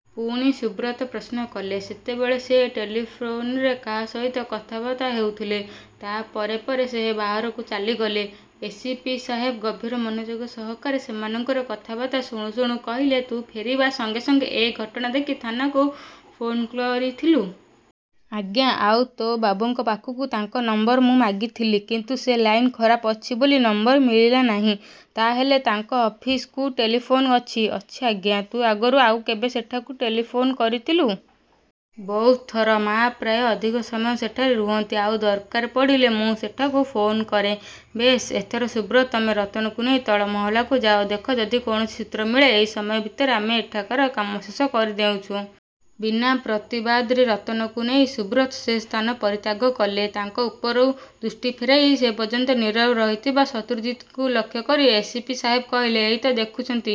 ' ପୁଣି ସୁବ୍ରତ ପ୍ରଶ୍ନ କଲେ। 'ସେତେବେଳେ ସେ ଟେଲିଫୋନ୍ରେ କାହା ସହିତ କଥାବାର୍ତ୍ତା ହେଉଥିଲେ। ତା ପରେ ପରେ ସେ ବାହାରକୁ ଚାଲିଗଲେ। ' ଏସ୍. ପି. ସାହେବ ଗଭୀର ମନଯୋଗ ସହକାରେ ସେମାନଙ୍କର କଥାବାର୍ତ୍ତା ଶୁଣୁ ଶୁଣୁ କହିଲେ, 'ତୁ ଫେରିବା ସଙ୍ଗେ ସଙ୍ଗେ ଏ ଘଟଣା ଦେଖି ଥାନାକୁ ଫୋନ୍କରିଥିଲୁ? ' 'ଆଜ୍ଞା! ' 'ଆଉ ତୋ ବାବୁଙ୍କ ପାଖକୁ? ' 'ତାଙ୍କ ନମ୍ବର ମୁଁ ମାଗିଥିଲି। କିନ୍ତୁ ସେ ଲାଇନ ଖରାପ ଅଛି ବୋଲି ନମ୍ବର ମିଳିଲା ନାହିଁ। ' 'ତା'ହେଲେ ତାଙ୍କ ଅଫିସ୍କୁ ଟେଲିଫୋନ୍ ଅଛି? ' 'ଅଛି, ଆଜ୍ଞା! ' 'ତୁ ଆଗରୁ ଆଉ କେବେ ସେଠାକୁ ଟେଲିଫୋନ୍ କରିଥିଲୁ? ' 'ବହୁତ ଥର। ମାଆ ପ୍ରାୟ ଅଧିକ ସମୟ ସେଠାରେ ରୁହନ୍ତି। ଆଉ ଦରକାର ପଡ଼ିଲେ ମୁଁ ସେଠାକୁ ଫୋନ କରେଁ। ' 'ବେଶ୍ ଏଥର ସୁବ୍ରତ ତମେ ରତନକୁ ନେଇ ତଳ ମହଲାକୁ ଯାଅ। ଦେଖ ଯଦି କୌଣସି ସୂତ୍ର ମିଳେ। ଏଇ ସମୟ ଭିତରେ ଆମେ ଏଠାକାର କାମ ଶେଷ କରିଦେଉଛୁଁ। ' ବିନା ପ୍ରତିବାଦରେ ରତନକୁ ନେଇ ସୁବ୍ରତ ସେ ସ୍ଥାନ ପରିତ୍ୟାଗ କଲେ। ତାଙ୍କ ଉପରୁ ଦୃଷ୍ଟି ଫେରାଇ ସେପର୍ଯ୍ୟନ୍ତ ନୀରବ ରହିଥିବା ଶତ୍ରୁଜିତଙ୍କୁ ଲକ୍ଷ୍ୟ କରି ଏସ୍. ପି. ସାହେବ କହିଲେ, 'ଏଇ ତ ଦେଖୁଛନ୍ତି,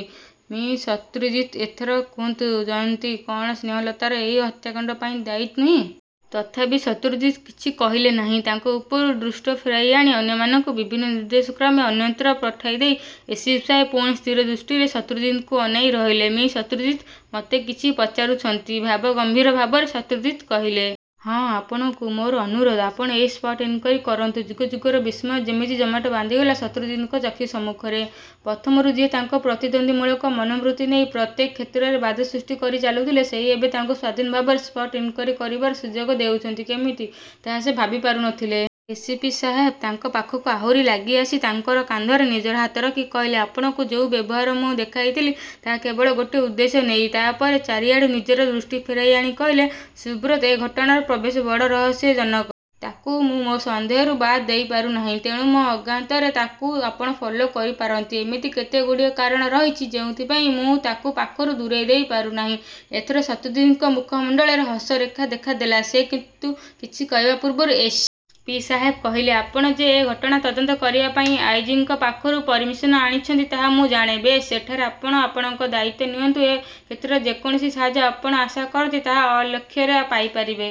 ମି: ଶତ୍ରୁଜିତ! ଏଥର କୁହନ୍ତୁ ଜୟନ୍ତୀ କଣ ସ୍ନେହଲତାର ଏଇ ହତ୍ୟାକାଣ୍ଡ ପାଇଁ ଦାୟୀ ନୁହେଁ? ' ତଥାପି ଶତ୍ରୁଜିତ କିଛି କହିଲେ ନାହିଁ। ତାଙ୍କ ଉପରୁ ଦୃଷ୍ଟ ଫେରାଇଆଣି ଅନ୍ୟମାନଙ୍କୁ ବିଭିନ୍ନ ନିର୍ଦ୍ଦେଶକ୍ରମେ ଅନ୍ୟତ୍ର ପଠାଇଦେଇ ଏସ୍. ପି. ସାହେବ ପୁଣି ସ୍ଥିରଦୃଷ୍ଟିରେ ଶତ୍ରୁଜିତଙ୍କୁ ଅନାଇ ରହିଲେ। 'ମି: ଶତ୍ରୁଜିତ! ' 'ମୋତେ କିଛି ପଚାରୁଛନ୍ତି? ' ଭାବଗମ୍ଭୀର ଭାବରେ ଶତ୍ରୁଜିତ କହିଲେ। 'ହଁ, ଆପଣଙ୍କୁ। ମୋର ଅନୁରୋଧ, ଆପଣ ଏଇ ସ୍ପଟ୍ଇନ୍କୁଆରୀ କରନ୍ତୁ। ' ଯୁଗ ଯୁଗର ବିସ୍ମୟ ଯେମିତି ଜମାଟ ବାନ୍ଧିଗଲା ଶତ୍ରୁଜିତଙ୍କ ଚକ୍ଷୁ ସମ୍ମୁଖରେ। ପ୍ରଥମରୁ ଯିଏ ତାଙ୍କୁ ପ୍ରତିନ୍ଦ୍ୱନ୍ଦୀମୂଳକ ମନୋବୃତ୍ତି ନେଇ ପ୍ରତ୍ୟେକ କ୍ଷେତ୍ରରେ ବାଧା ସୃଷ୍ଟି କରି ଚାଲୁଥିଲେ, ସେଇ ଏବେ ତାଙ୍କୁ ସ୍ୱାଧୀନ ଭାବରେ ସ୍ପଟ୍ଇନ୍କୁଆରୀ କରିବାର ସୁଯୋଗ ଦେଉଛନ୍ତି କେମିତି, ତାହା ସେ ଭାବି ପାରୁ ନ ଥିଲେ। ଏସ୍. ପି ସାହେବ ତାଙ୍କ ପାଖକୁ ଆହୁରି ଲାଗିଆସି ତାଙ୍କର କାନ୍ଧରେ ନିଜର ହାତ ରଖି କହିଲେ, 'ଆପଣଙ୍କୁ ଯୋଉ ବ୍ୟବହାର ମୁଁ ଦେଖାଇଥିଲି ତାହା କେବଳ ଗୋଟିଏ ଉଦ୍ଦେଶ୍ୟ ନେଇ-। ' ତା'ପରେ ଚାରିଆଡ଼ୁ ନିଜର ଦୃଷ୍ଟି ଫେରାଇଆଣି କହିଲେ, 'ସୁବ୍ରତର ଏ ଘଟଣାରେ ପ୍ରବେଶ ବଡ଼ ରହସ୍ୟଜନକ। ତାକୁ ମୁଁ ମୋ ସନ୍ଦେହରୁ ବାଦ ଦେଇପାରୁନାହିଁ। ତେଣୁ ମୋ ଅଜ୍ଞାତରେ ତାକୁ ଆପଣ ଫଲୋ କରିପାରନ୍ତି। ଇମିତି କେତେଗୁଡ଼ିଏ କାରଣ ରହିଛି, ଯୋଉଥିପାଇଁ ମୁଁ ତାକୁ ପାଖରୁ ଦୂରେଇଦେଇ ପାରୁନାହିଁ। ଏଥର ଶତ୍ରୁଜିତଙ୍କ ମୁଖମଣ୍ଡଳରେ ହସର ରେଖା ଦେଖା ଦେଲା। ସେ କିନ୍ତୁ କିଛି କହିବା ପୂର୍ବରୁ ଏସ୍. ପି. ସାହେବ କହିଲେ, 'ଆପଣ ଯେ ଏ ଘଟଣା ତଦନ୍ତ କରିବାପାଇଁ ଆଇ: ଜି: ଙ୍କ ପାଖରୁ ପରମିଶନ ଆଣିଛନ୍ତି ତାହା, ମୁଁ ଜାଣେ। ବେଶ୍, ଏଠାରେ ଆପଣ ଆପଣଙ୍କ ଦାୟିତ୍ୱ ନିଅନ୍ତୁ। ଏ କ୍ଷେତ୍ରରେ ଯେ କୌଣସି ସାହାଯ୍ୟ ଆପଣ ଆଶା କରନ୍ତି ତାହା ଅଲକ୍ଷ୍ୟରେ ପାଇପାରିବେ।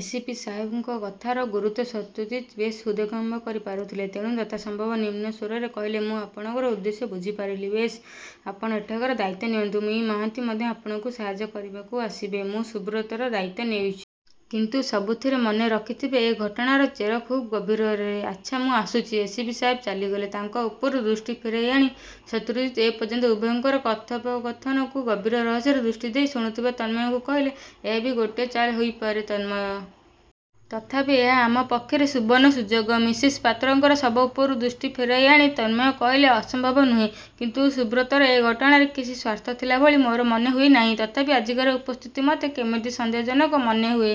ଏସ୍. ପି. ସାହେବଙ୍କ କଥାର ଗୁରୁତ୍ୱ ଶତ୍ରୁଜିତ ବେଶ୍ ହୃଦୟଙ୍ଗମ କରିପାରୁଥିଲେ। ତେଣୁ ଯଥାସମ୍ଭବ ନିମ୍ନ ସ୍ୱରରେ କହିଲେ, 'ମୁଁ ଆପଣଙ୍କର ଉଦ୍ଦେଶ୍ୟ ବୁଝିପାରିଲି। ' 'ବେଶ୍, ଆପଣ ଏଠାକାର ଦାୟିତ୍ୱ ନିଅନ୍ତୁ। ମି: ମହାନ୍ତି ମଧ୍ୟ ଆପଣଙ୍କୁ ସାହାଯ୍ୟ କରିବାକୁ ଆସିବେ। ମୁଁ ସୁବ୍ରତର ଦାୟତ୍ୱ ନେଉଛି। କିନ୍ତୁ ସବୁଥିରେ ମନେ ରଖିଥିବେ ଏ ଘଟଣାର ଚେର ଖୁବ୍ ଗଭୀରରେ। ଆଚ୍ଛା, ମୁଁ ଆସୁଛି। ' ଏସ୍. ପି ସାହେବ ଚାଲିଗଲେ। ତାଙ୍କ ଉପରୁ ଦୃଷ୍ଟି ଫେରାଇଆଣି ଶତ୍ରୁଜିତ ଏପର୍ଯ୍ୟନ୍ତ ଉଭୟଙ୍କର କଥୋପକଥନକୁ ଗଭୀର ରହସ୍ୟର ଦୃଷ୍ଟି ଦେଇ ଶୁଣୁଥିବା ତନ୍ମୟଙ୍କୁ କହିଲେ, 'ଏହା ବି ଗୋଟିଏ ଚାଲ ହୋଇପାରେ, ତନ୍ମୟ! ତଥାପି ଏହା ଆମ ପକ୍ଷରେ ସୁବର୍ଣ୍ଣସୁଯୋଗ। ' ମିସେସ୍ ପାତ୍ରଙ୍କର ଶବ ଉପରୁ ଦୃଷ୍ଟି ଫେରାଇଆଣି ତନ୍ମୟ କହିଲେ, 'ଅସମ୍ଭବ ନୁହେଁ। କିନ୍ତୁ ସୁବ୍ରତର ଏ ଘଟଣାରେ କିଛି ସ୍ୱାର୍ଥ ଥିଲା ଭଳି ମୋର ମନେ ହୁଏ ନାହିଁ। ତଥାପି ଆଜିକାର ଉପସ୍ଥିତ ମୋତେ କେମିତି ସନ୍ଦେହଜନକ ମନେହୁଏ।